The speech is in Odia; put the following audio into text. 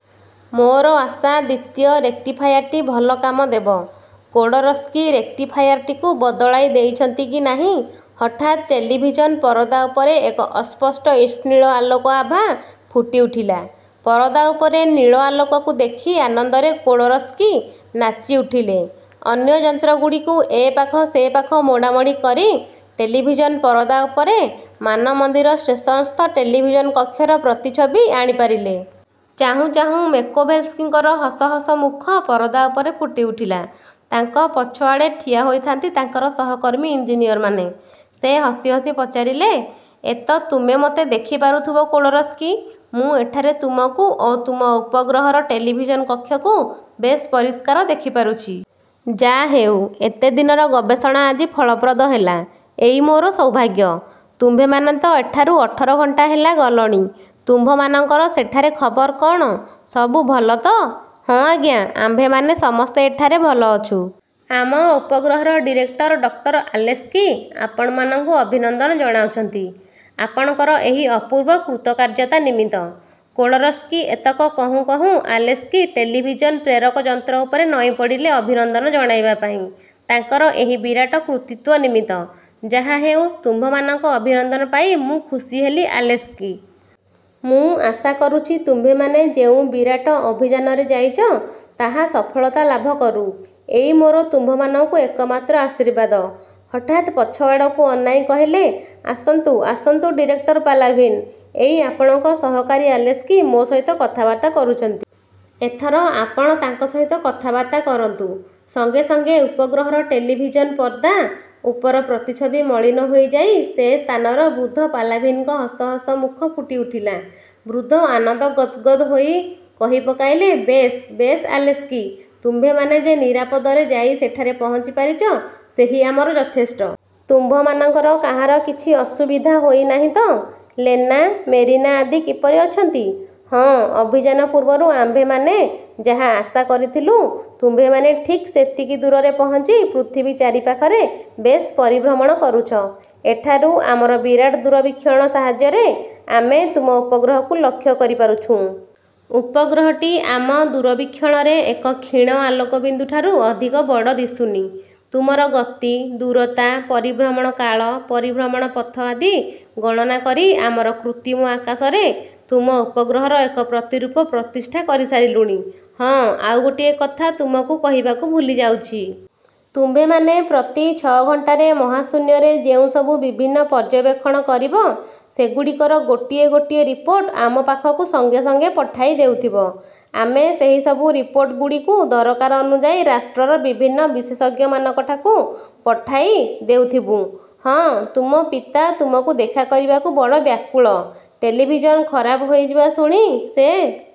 ମୋର ଆଶା ଦ୍ୱିତୀୟ ରେକ୍ଟିଫାୟାର୍ଟି ଭଲ କାମ ଦେବ। କୋଡ଼ୋରସ୍କି ରେକ୍ଟିଫାୟାରଟିକୁ ବଦଳାଇ ଦେଇଛନ୍ତି କି ନାହିଁ, ହଠାତ୍ ଟେଲିଭିଜନ୍ ପରଦା ଉପରେ ଏକ ଅସ୍ପଷ୍ଟ ଈଷତ୍ନୀଳ ଆଲୋକ ଆଭା ଫୁଟି ଉଠିଲା। ପରଦା ଉପରେ ନୀଳ ଆଲୋକକୁ ଦେଖି ଆନନ୍ଦରେ କୋଡ଼ୋରସ୍କି ନାଚିଉଠିଲେ। ଅନ୍ୟ ଯନ୍ତ୍ରଗୁଡ଼ିକୁ ସେ ଏପାଖ ସେପାଖ ମୋଡ଼ାମୋଡ଼ି କରି ଟେଲିଭିଜନ୍ ପରଦା ଉପରେ ମାନମନ୍ଦିର ଷ୍ଟେସନ୍ସ୍ଥ ଟେଲିଭିଜନ୍କକ୍ଷର ପ୍ରତିଛବି ଆଣିପାରିଲେ। ଚାହୁଁ ଚାହୁଁ ମେକୋଭେଲସ୍କିଙ୍କର ହସ ହସ ମୁଖ ପରଦା ଉପରେ ଫୁଟିଉଠିଲା। ତାଙ୍କ ପଛଆଡ଼େ ଠିଆ ହୋଇଥାନ୍ତି ତାଙ୍କର ସହକର୍ମୀ ଇଞ୍ଜିନିଅରମାନେ। ସେ ହସି ହସି ପଚାରିଲେ, ''ଏତ ତୁମେ ମୋତେ ଦେଖି ପାରୁଥିବ କୋଡ଼ୋରସ୍କି। ମୁଁ ଏଠାରେ ତୁମକୁ ଓ ତୁମ ଉପଗ୍ରହର ଟେଲିଭିଜନ୍ କକ୍ଷକୁ ବେଶ୍ ପରିଷ୍କାର ଦେଖିପାରୁଛି। ଯା' ହେଉ; ଏତେ ଦିନର ଗବେଷଣା ଆଜି ଫଳପ୍ରଦ ହେଲା, ଏଇ ମୋର ସୌଭାଗ୍ୟ। ତୁମ୍ଭେମାନେ ତ ଏଠାରୁ ଅଠର ଘଣ୍ଟା ହେଲା ଗଲଣି। ତୁମ୍ଭମାନଙ୍କର ସେଠାରେ ଖବର କଅଣ, ସବୁ ଭଲ ତ? '' ''ହଁ, ଆଜ୍ଞା ଆମ୍ଭେମାନେ ସମସ୍ତେ ଏଠାରେ ଭଲ ଅଛୁଁ। ଆମ ଉପଗ୍ରହର ଡିରେକ୍ଟର ଡକ୍ଟର ଆଲେସ୍କି ଆପଣମାନଙ୍କୁ ଅଭିନନ୍ଦନ ଜଣାଉଛନ୍ତି, ଆପଣଙ୍କର ଏହି ଅପୂର୍ବ କୃତକାର୍ଯ୍ୟତା ନିମିତ୍ତ। '' କୋଡ଼ୋରସ୍କି ଏତକ କହୁଁ କହୁଁ ଆଲେସ୍କି ଟେଲିଭିଜନ୍ ପ୍ରେରକ ଯନ୍ତ୍ର ଉପରେ ନଇଁପଡ଼ିଲେ ଅଭିନନ୍ଦନ ଜଣାଇବାପାଇଁ, ତାଙ୍କର ଏହି ବିରାଟ କୃତିତ୍ୱ ନିମିତ୍ତ। ''ଯାହାହେଉ, ତୁମ୍ଭମାନଙ୍କ ଅଭିନନ୍ଦନ ପାଇ ମୁଁ ଖୁସି ହେଲି ଆଲେସ୍କି! ମୁଁ ଆଶା କରୁଛି ତୁମ୍ଭେମାନେ ଯେଉଁ ବିରାଟ ଅଭିଯାନରେ ଯାଇଚ, ତାହା ସଫଳତା ଲାଭ କରୁ। ଏଇ ମୋର ତୁମ୍ଭମାନଙ୍କୁ ଏକମାତ୍ର ଆଶୀର୍ବାଦ। '' ହଠାତ୍ ପଛଆଡ଼କୁ ଅନାଇ କହିଲେ, ''ଆସନ୍ତୁ, ଆସନ୍ତୁ, ଡିରେକ୍ଟର ପାଲାଭିନ୍, ଏଇ ଆପଣଙ୍କ ସହକାରୀ ଆଲେସ୍କି ମୋ ସହିତ କଥାବାର୍ତ୍ତା କରୁଛନ୍ତି। ଏଥର ଆପଣ ତାଙ୍କ ସହିତ କଥାବାର୍ତ୍ତା କରନ୍ତୁ। '' ସଙ୍ଗେ ସଙ୍ଗେ ଉପଗ୍ରହର ଟେଲିଭିଜନ୍ ପର୍ଦ୍ଦା ଉପର ପ୍ରତିଛବି ମଳିନ ହୋଇଯାଇ ସେ ସ୍ଥାନର ବୃଦ୍ଧ ପାଲାଭିନ୍ଙ୍କ ହସ ହସ ମୁଖ ଫୁଟିଠିଲା। ବୃଦ୍ଧ ଆନନ୍ଦ ଗଦ୍ଗଦ୍ ହୋଇ କହିପକାଇଲେ–''ବେଶ୍ ବେଶ୍ ଆଲେସ୍କି, ତୁମ୍ଭେମାନେ ଯେ ନିରାପଦରେ ଯାଇ ସେଠାରେ ପହଞ୍ଚି ପାରିଛ, ସେହି ଆମର ଯଥେଷ୍ଟ। ତୁମ୍ଭମାନଙ୍କର କାହାର କିଛି ଅସୁବିଧା ହୋଇନାହିଁ ତ? ଲେନା, ମେରିନା ଆଦି କିପରି ଅଛନ୍ତି? ହଁ, ଅଭିଯାନ ପୂର୍ବରୁ ଆମ୍ଭେମାନେ ଯାହା ଆଶା କରିଥିଲୁ, ତୁମ୍ଭେମାନେ ଠିକ୍ ସେତିକି ଦୂରରେ ପହଞ୍ଚି ପୃଥିବୀ ଚାରି ପାଖରେ ବେଶ୍ ପରିଭ୍ରମଣ କରୁଛ। ଏଠାରୁ ଆମର ବିରାଟ ଦୂରବୀକ୍ଷଣ ସାହାଯ୍ୟରେ ଆମେ ତୁମ ଉପଗ୍ରହକୁ ଲକ୍ଷ୍ୟ କରିପାରୁଛୁଁ। ଉପଗ୍ରହଟି ଆମ ଦୂରବୀକ୍ଷଣରେ ଏକ କ୍ଷୀଣ ଆଲୋକବିନ୍ଦୁଠାରୁ ଅଧିକ ବଡ଼ ଦିଶୁନି। ତୁମର ଗତି, ଦୂରତା, ପରିଭ୍ରମଣ କାଳ, ପରିଭ୍ରମଣ ପଥ ଆଦି ଗଣନା କରି ଆମର କୃତ୍ରିମ ଆକାଶରେ ତୁମ ଉପଗ୍ରହର ଏକ ପ୍ରତିରୂପ ପ୍ରତିଷ୍ଠା କରି ସାରିଲୁଣି। ହଁ, ଆଉ ଗୋଟିଏ କଥା ତୁମକୁ କହିବାକୁ ଭୁଲିଯାଉଛି। ତୁମ୍ଭେମାନେ ପ୍ରତି ଛ' ଘଣ୍ଟାରେ ମହାଶୂନ୍ୟରେ ଯେଉଁ ସବୁ ବିଭିନ୍ନ ପର୍ଯ୍ୟବେକ୍ଷଣ କରିବ, ସେଗୁଡ଼ିକର ଗୋଟିଏ ଗୋଟିଏ ରିପୋର୍ଟ ଆମ ପାଖକୁ ସଙ୍ଗେ ସଙ୍ଗେ ପଠାଇ ଦେଉଥିବ। ଆମେ ସେହି ସବୁ ରିପୋର୍ଟଗୁଡ଼ିକୁ ଦରକାର ଅନୁଯାୟୀ ରାଷ୍ଟ୍ରର ବିଭିନ୍ନ ବିଶେଷଜ୍ଞମାନଙ୍କଠାକୁ ପଠାଇ ଦେଉଥିବୁଁ। ହଁ, ତୁମ ପିତା ତୁମକୁ ଦେଖା କରିବାକୁ ବଡ଼ ବ୍ୟାକୁଳ। ଟେଲିଭିଜନ ଖରାପ ହୋଇଯିବା ଶୁଣି ସେ